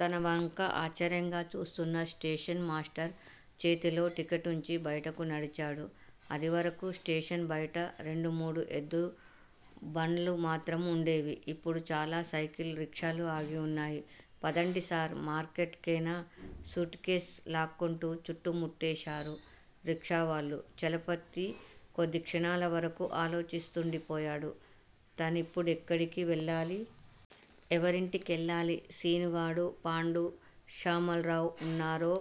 తన వంక ఆశ్చర్యంగా చూస్తున్న స్టేషన్ మాస్టర్ చేతిలో టిక్కెట్టుంచి బయటకు నడిచాడు. అదివరకు స్టేషన్ బయట రెండు మూడు ఎద్దు బళ్ళు మాత్రం ఉండేవి. ఇప్పుడు చాలా సైకిల్ రిక్షాలు ఆగివున్నాయి. పదండిసార్! మార్కెట్ కేనా? సూట్ కేస్ లాక్కొంటూ చుట్టుముట్టేశారు రిక్షావాళ్ళు. చలపతి కొద్దిక్షణాల వరకూ ఆలోచిస్తూండిపోయాడు తనిప్పుడెక్కడికి వెళ్ళాలి? ఎవరింటి కెళ్ళాలి? శీనుగాడూ, పాండూ, శ్యామల్రావూ ఉన్నారో,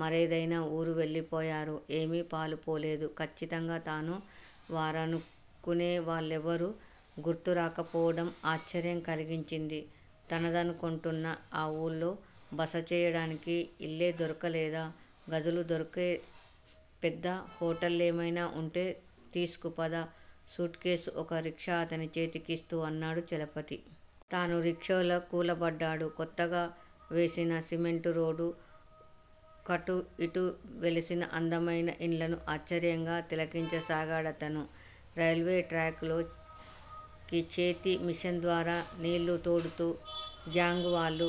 మరేదయినా ఊరు వెళ్ళిపోయారో? ఏమీ పాలుపోలేదు. ఖచ్చితంగా తన వారనుకొనేవాళ్ళెవరూ గుర్తురాక పోవడం ఆశ్చర్యం కలిగించింది. తనదనుకొంటున్న ఆ ఊళ్ళో బసచేయడానికి ఇల్లే దొరకలేదా? గదులు దొరికే పెద్ద హోటలేమయినా ఉంటే తీసుకుపద! సూట్ కేస్ ఒక రిక్షా అతని చేతికిస్తూ అన్నాడు చలపతి. తనూ రిక్షాలో కూలబడ్డాడు, కొత్తగా వేసిన సిమెంట్ రోడ్డు కటూ ఇటూ వెలిసిన అందమయిన ఇళ్ళను ఆశ్చర్యంగా తిలకించసాగాడతను. రైల్వేట్యాంక్ లోకి చేతి మిషన్ ద్వారా నీళ్ళు కొడుతూ గ్యాంగ్ వాళ్ళు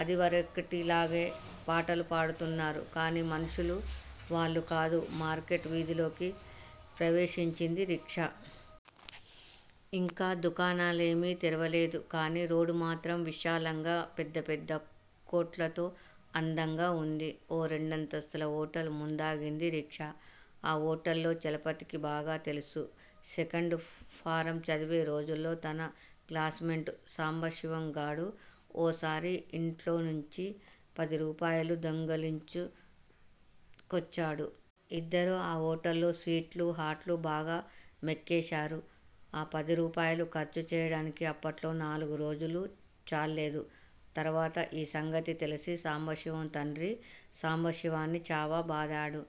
అదివరకటిలాగానే పాటలు పాడుతున్నారు కానీ, మనుషులు వాళ్ళు కాదు. మార్కెట్ వీధిలోకి ప్రవేశించింది రిక్షా. ఇంకా దుకాణాలేమీ తెరవలేదు కానీ, రోడ్డుమాత్రం, విశాలంగా పెద్ద పెద్ద కొట్లతో అందంగా ఉంది. ఓ రెండంతస్తుల హోటల్ ముందాగింది రిక్షా. ఆ హోటల్ చలపతికి బాగా తెలుసు. సెకండ్ ఫారం చదివే రోజుల్లో తన క్లాస్ మేట్ సాంబశివంగాడు ఓసారి ఇంట్లోంచి పది రూపాయలు దొంగిలించుకొచ్చాడు. ఇద్దరూ ఆ హోటల్లో స్వీట్లు, హాట్లు బాగా మెక్కేసారు. ఆ పదిరూపాయలు ఖర్చు చేయటానికి అప్పట్లో నాలుగు రోజులు చాల్లేదు. తరువాత ఈ సంగతి తెలిసి సాంబశివం తండ్రి సాంబశివాన్ని చావబాదాడు.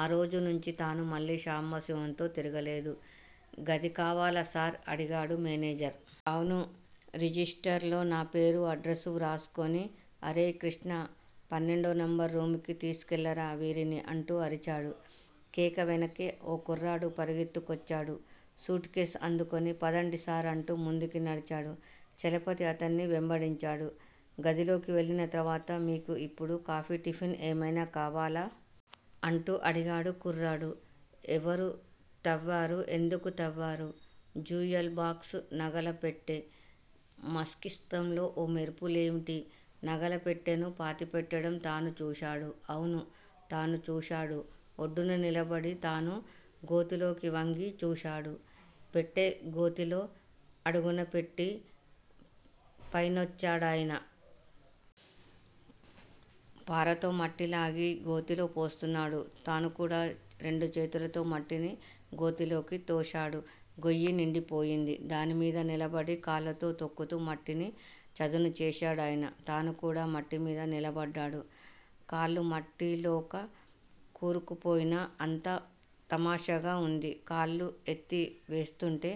ఆ రోజునుంచీ తను మళ్ళీ సాంబశివంతో తిరగలేదు. గది కావాలా సార్? అడిగాడు మేనేజర్. అవును! రిజిస్టర్ లో పేరూ, అడ్రస్ వ్రాసుకొని, అరేయ్ కృష్టా! పన్నెండో నెంబరు రూముకి తీసుకెళ్ళరా వీరిని అంటూ అరిచాడు. కేక వెనకే ఓ కుర్రాడు పరుగెత్తుకొచ్చాడు. సూట్ కేస్ అందుకొని, పదండి సార్ అంటూ ముందుకి నడిచాడు. చలపతి అతన్ని వెంబడించాడు. గదిలోకి వెళ్ళిన తరువాత మీకు ఇప్పుడు కాఫీ, టిఫిన్ ఏమయినా కావాలా? అంటూ అడిగాడు కుర్రాడు. ఎవరు త్రవ్వారు? ఎందుకు త్రవ్వారు? Jewel box! నగల పెట్టె! మస్తిష్కంలొ ఈ మెరుపు లేమిటి? నగల పెట్టెను పాతిపెట్టడం తను చూశాడు. అవును! తను చూశాడు. ఒడ్డున నిలబడి తను గోతిలోకి వంగి చూశాడు. పెట్టె గోతిలో అడుగున పెట్టి__పైనొచ్చాడాయన! పారతో మట్టిలాగి గోతిలో పోస్తున్నాడు. తనుకూడా రెండుచేతులతో ఈ మట్టిని గోతిలోకి తోశాడు. గొయ్యి నిండిపోయింది. దానిమీద నిలబడి కాళ్ళతో తొక్కుతూ మట్టిని చదును చేశాడాయన. తనుకూడా మట్టిమీద నిలబడ్డాడు. కాళ్ళు మట్టిలోక కూరుకుపోయినై. అంతా తమాషాగా ఉంది. కాళ్ళు ఎత్తి వేస్తూంటే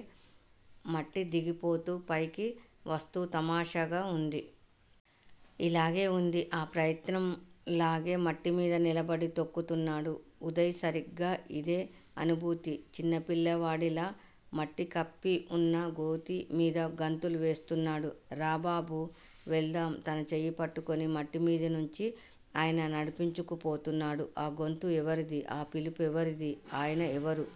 మట్టితోందిగిపోతూ- పైకి వస్తూ తమాషాగా ఉంది. ఇలాగే వుంది. అప్రయత్నం గానే మట్టిమీద నిలబడి తొక్కుతున్నాడు ఉదయ్ సరిగ్గా ఇదే అనుభూతి. చిన్నపిల్లవాడిలా మట్టి కప్పివున్న గోతిమీద గంతులు వేస్తున్నాడు. రా! బాబూ! వెళ్దాం తన చెయ్యిపట్టుకొని మట్టిమీది నుంచి ఆయన నడిపించుకుపోతున్నాడు. ఆ గొంతు ఎవరిది? ఆ పిలు పెవరిది? ఆయన ఎవరు?